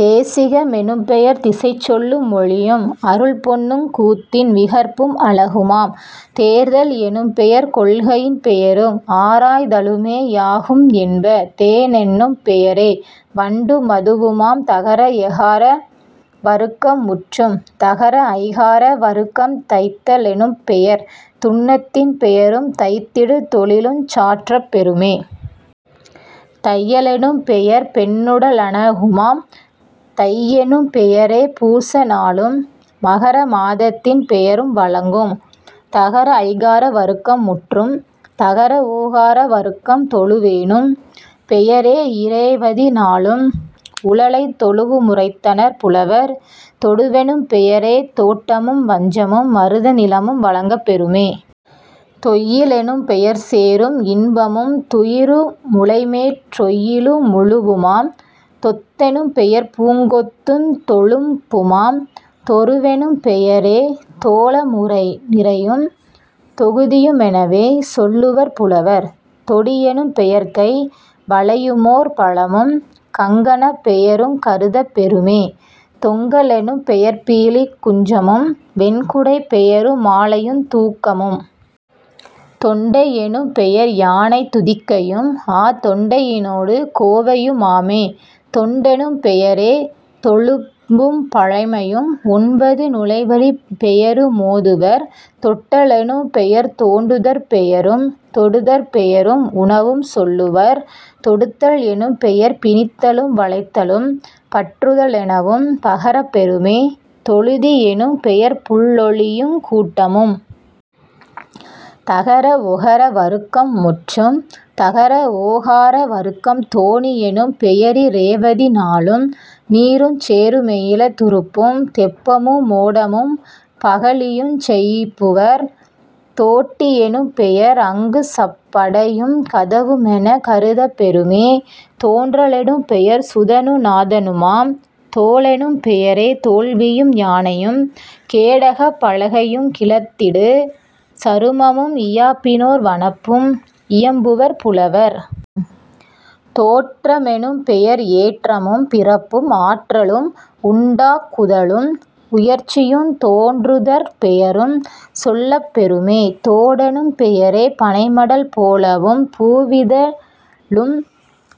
தேசிக மெனும்பெயர் திசைச்சொல்லு மொளியும் அரும் பொன்னுங் கூத்தின் விகற்பும் அழகுமாம்..... தேர்தல் எனும்பெயர் கொள்கையின் பெயரும் ஆராய் தலுமே யாகும் என்ப..... தேனெனும் பெயரே வண்டு மதுவுமாம்..... தகர ஏகார வருக்கம் முற்றும். தகர ஐகார வருக்கம் தைத்த லெனும்பெயர் துன்னத்தின் பெயரும் தைத்திடு தொழிலுஞ் சாற்றப் பெறுமே..... தைய லெனும்பெயர் பெண்ணுட னழகுமாம்..... தையெனும் பெயரே பூச நாளும் மகர மாதத்தின் பெயரும் வழங்கும்..... தகர ஐகார வருக்கம் முற்றும். தகர ஒகர வருக்கம் தொழுவெனும் பெயரே யிரேவதி நாளும் உழலைத் தொழுவு முரைத்தனர் புலவர்..... தொடுவெனும் பெயரே தோட்டமும் வஞ்சமும் மருத நிலமும் வழங்கப் பெறுமே..... தொய்யி லெனும்பெயர் சேறும் இன்பமும் துயிரு முலைமேற் றொய்யிலு முழுவுமாம்..... தொத்தெனும் பெயர்பூங் கொத்துந் தொழும்புமாம்.... தொறுவெனும் பெயரே தோழமு நிரையும் தொகுதியு மெனவே சொல்லுவர் புலவர்..... தொடியெனும் பெயர்கை வளையு மோர்பலமும் கங்கணப் பெயருங் கருதப் பெறுமே..... தொங்க லெனும் பெயர்பீலிக் குஞ்சமும் வெண்குடைப் பெயரு மாலையுந் தூக்கமும்..... தொண்டை யெனும்பெயர் யானைத் துதிக்கையும் ஆதொண்டை யினொடு கோவையு மாமே..... தொண்டெனும் பெயரே தொழும்பும் பழமையும் ஒன்பது நுழைவழிப் பெயரு மோதுவர்..... தொட்ட லெனும்பெயர் தோண்டுதற் பெயரும் தொடுதற் பெயரும் உணவும் சொல்லுவர்..... தொடுத்தல் எனும்பெயர் பிணித்தலும் வளைத்தலும் பற்றுத லெனவும் பகரப் பெறுமே..... தொழுதி யெனும்பெயர் புள்ளொலியுங் கூட்டமும்....। தகர ஒகர வருக்கம் முற்றும். தகர ஓகார வருக்கம் தோணி யெனும்பெயரி ரேவதி நாளும் நீருஞ் சேறு மெயில துறுப்பும் தெப்பமு மோடமும் பகழியுஞ் செப்புவர்..... தோட்டி யெனும்பெயர் அங்குசப் படையும் கதவு மென கருதப் பெறுமே..... தோன்ற லெனும்பெயர் சுதனு நாதனுமாம்..... தோலெனும் பெயரே தோல்வியும் யானையும் கேடகப் பலகையுங் கிளத்திடு சருமமும் இயாப்பினோர் வனப்பும் இயம்புவர் புலவர்..... தோற்ற மெனும்பெயர் ஏற்றமும் பிறப்பும் ஆற்றலும் உண்டாக் குதலும் உயர்ச்சியுந் தோன்றுதற் பெயரும் சொல்லப் பெறுமே..... தோடெனும் பெயரே பனைமடல் போலவும் பூவி னிதழும்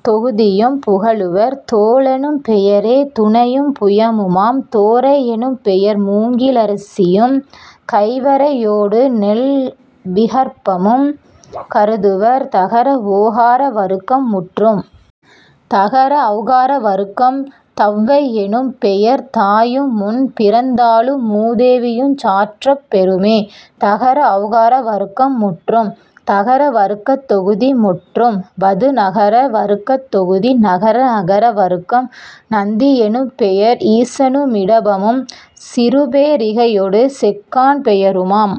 தொகுதியும் புகலுவர்..... தோளெனும் பெயரே துணையும் புயமுமாம்..... தோரை யெனும்பெயர் மூங்கி லரிசியும் கைவரை யோடுநெல் விகற்பமும் கருதுவர்..... தகர ஓகார வருக்கம் முற்றும். தகர ஒளகார வருக்கம் தவ்வை யெனும்பெயர் தாயுமுன் பிறந்தாளு மூதேவியுஞ் சாற்றப் பெறுமே..... தகர ஒளகார வருக்கம் முற்றும். தகர வருக்கத் தொகுதி முற்றும். வது நகர வருக்கத் தொகுதி நகர அகர வருக்கம் நந்தி யெனும் பெயர் ஈசனு மிடபமும் சிறுபே ரிகையொடு செக்கான் பெயருமாம்.....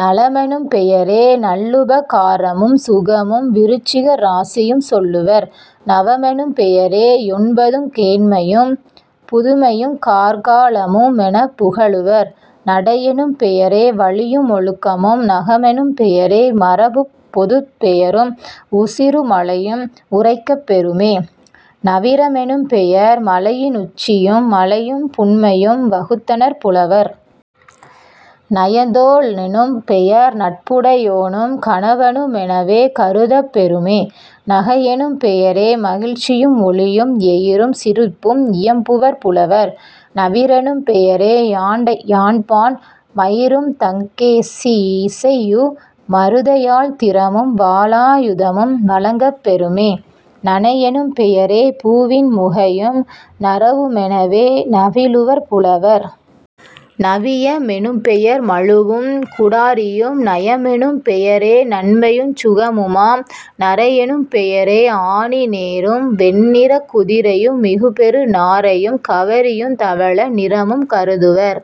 நலமெனும் பெயரே நல்லுப காரமும் சுகமும் விருச்சிக ராசியும் சொல்லுவர்..... நவமெனும் பெயரே யொன்பதுங் கேண்மையும் புதுமையுங் கார்கா லமுமெனப் புகலுவர்..... நடையெனும் பெயரே வழியும் மொழுக்கமும்..... நகமெனும் பெயரே மரப்பொதுப் பெயரும் உசிரு மலையும் உரைக்கப் பெறுமே..... நவிர மெனும்பெயர் மலையி னுச்சியும் மலையும் புன்மையும் வகுத்தனர் புலவர்..... நயந்தோ னெனும்பெயர் நட்புடை யோனும் கணவனு மெனவே கருதப் பெறுமே..... நகையெனும் பெயரே மகிழ்ச்சியும் ஒளியும் எயிறும் சிரிப்பும் இயம்புவர் புலவர்..... நவிரெனும் பெயரே யாண்பான் மயிரும் தக்கேசி யிசையு மருதயாழ்த் திறமும் வாளா யுதமும் வழங்கப் பெறுமே..... நனையெனும் பெயரே பூவின் முகையும் நறவு மெனவே நவிலுவர் புலவர்..... நவிய மெனும்பெயர் மழுவும் குடாரியும்..... நயமெனும் பெயரே நன்மையுஞ் சுகமுமாம்..... நரையெனும் பெயரே ஆனி னேறும் வெண்ணிறக் குதிரையு மிகுபெறு நாரையும் கவரியுந் தவள நிறமும் கருதுவர்.